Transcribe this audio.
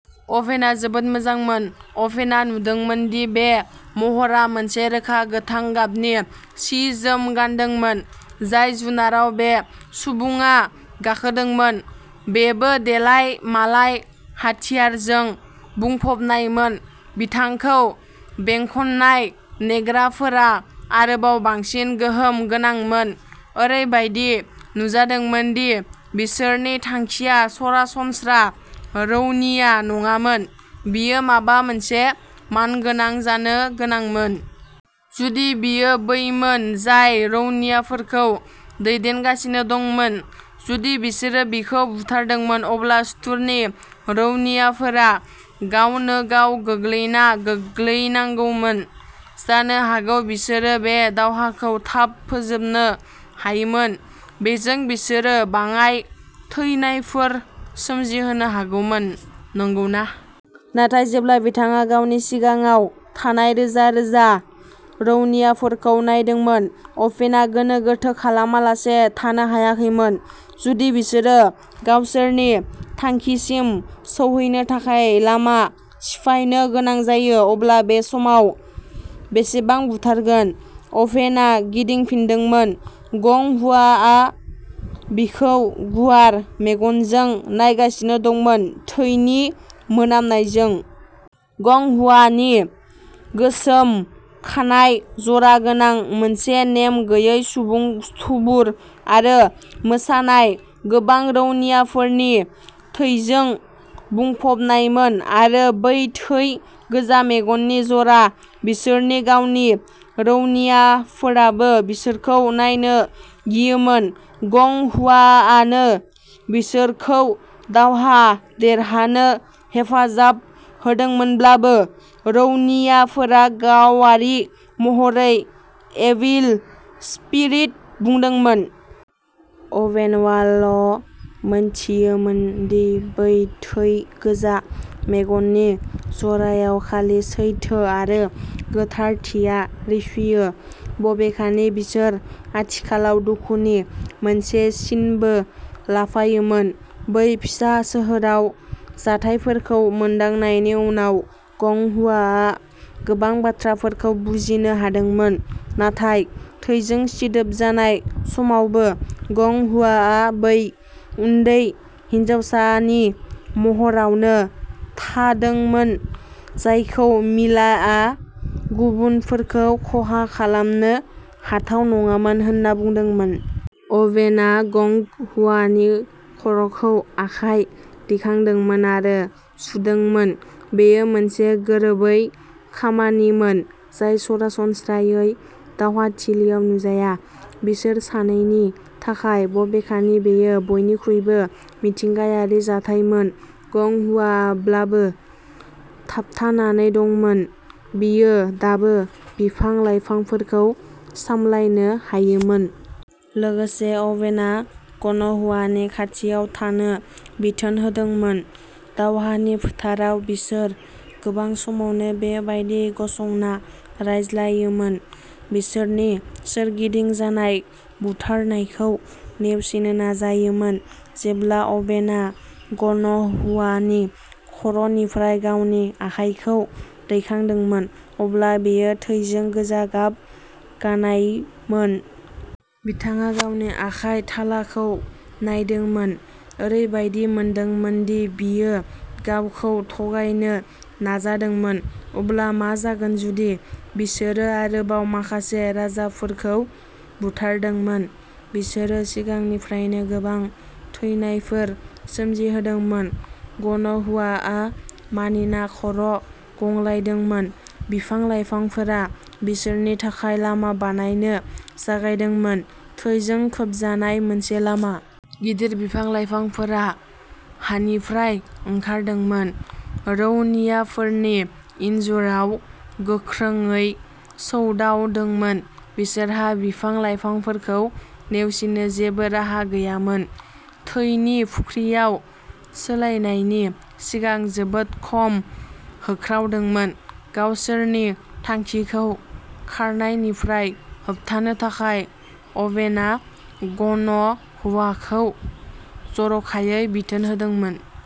अभेनआ जोबोद मोजांमोन, अभेनआ नुदोंमोन दि बे महरआ मोनसे रोखा, गोथां गाबनि सि-जोम गानदोंमोन। जाय जुनाराव बे सुबुङा गाखोदोंमोन, बेबो देलाय मालाय हाथियारजों बुंफबनायमोन। बिथांखौ बेंखननाय नेग्राफोरा आरोबाव बांसिन गोहोम गोनांमोन। ओरैबायदि नुजादोंमोन दि बिसोरनि थांखिया सरासनस्रा रौनिया नङामोन| बियो माबा मोनसे मानगोनां जानो गोनांमोन। जुदि बियो बैमोन जाय रौनियाफोरखौ दैदेनगासिनो दंमोन, जुदि बिसोरो बिखौ बुथारदोंमोन, अब्ला सुथुरनि रौनियाफोरा गावनो गाव गोग्लैना गोग्लैनांगौमोन। जानो हागौ बिसोरो बे दावहाखौ थाब फोजोबनो हायोमोन। बेजों, बिसोरो बाङाइ थैनायफोर सोमजिहोनो हागौमोन, नंगौना? नाथाय जेब्ला बिथाङा गावनि सिगाङाव थानाय रोजा-रोजा रौनियाफोरखौ नायदोंमोन, अभेनआ गोनो गोथो खालामालासे थानो हायाखैमोन। जुदि बिसोरो गावसोरनि थांखिसिम सौहैनो थाखाय लामा सिफायनो गोनां जायो, अब्ला बे समाव बेसेबां बुथारगोन? अभेनआ गिदिंफिनदोंमोन। गं हुआ आ बिखौ गुवार मेगनजों नायगासिनो दंमोन, थैनि मोनामनायजों। गं हुआनि गोसोम खानाइ, जरा गोनां। मोनसे नेम गैयै सुबुं थुबुर आरो मोसानाय, गोबां रौनियाफोरनि थैजों बुंफबनायमोन। आरो बै थै गोजा मेगननि जरा; बिसोरनि गावनि रौनियाफोराबो बिसोरखौ नायनो गियोमोन। गं हुआआनो बिसोरखौ दावहा देरहानो हेफाजाब होदोंमोनब्लाबो, रौनियाफोरा गावारि महरै एविल स्पिरिट बुंदोंमोन। अवेनआल' मोनथियोमोन दि बै थै गोजा मेगननि जरायाव खालि सैथो आरो गोथारथिया रिफियो, बबेखानि बिसोर आथिखालाव दुखुनि मोनसे सिनबो लाफायोमोन। बै फिसा सोहोराव जाथायफोरखौ मोनदांनायनि उनाव, गं हुआआ गोबां बाथ्राफोरखौ बुजिनो हादोंमोन। नाथाय थैजों सिदोब जानाय समावबो, गं हुआआ बै उन्दै हिनजावसानि महरावनो थादोंमोन जायखौ मिलाआ गुबुनफोरखौ खहा खालामनो हाथाव नङामोन होन्ना बुंदोंमोन। अवेनआ गंग हुआनि खर'खौ आखाय दिखांदोंमोन आरो सुदोंमोन। बेयो मोनसे गोरोबै खामानिमोन, जाय सरासनस्रायै दावहाथिलियाव नुजाया। बिसोर सानैनि थाखाय, बबेखानि, बेयो बयनिख्रुइबो मिथिंगायारि जाथायमोन। गं हुआब्लाबो। थाबथानानै दंमोन, बियो दाबो बिफां-लाइफांफोरखौ सामलायनो हायोमोन। लोगोसे, अवेनआ ग'न हुआनि खाथियाव थानो बिथोन होदोंमोन। दावहानि फोथाराव, बिसोर गोबां समावनो बेबायदि गसंना रायज्लायोमोन, बिसोरनि सोरगिदिं जानाय बुथारनायखौ नेवसिनो नाजायोमोन। जेब्ला अवेनआ ग'न हुआनि खर'निफ्राय गावनि आखायखौ दैखांदोंमोन, अब्ला बेयो थैजों गोजा गाब गानायमोन। बिथाङा गावनि आखाइ थालाखौ नायदोंमोन, ओरैबायदि मोनदोंमोन दि बियो गावखौ थगायनो नाजादोंमोन। अब्ला मा जागोन जुदि बिसोरो आरोबाव माखासे राजाफोरखौ बुथारदोंमोन? बिसोरो सिगांनिफ्रायनो गोबां थैनायफोर सोमजिहोदोंमोन। ग'न हुआआ मानिना खर' गंग्लायदोंमोन। बिफां-लाइफांफोरा बिसोरनि थाखाय लामा बानायनो जागायदोंमोन, थैजों खोबजानाय मोनसे लामा। गिदिर बिफां-लाइफांफोरा हानिफ्राय ओंखारदोंमोन, रौनियाफोरनि इन्जुराव गोख्रोंयै सौदावदोंमोन। बिसोरहा बिफां-लाइफांफोरखौ नेवसिनो जेबो राहा गैयामोन, थैनि फुख्रियाव सोलायनायनि सिगां जोबोद खम होख्रावदोंमोन। गावसोरनि थांखिखौ खारनायनिफ्राय होबथानो थाखाय, अवेनआ ग'न हुआखौ जर'खायै बिथोन होदोंमोन।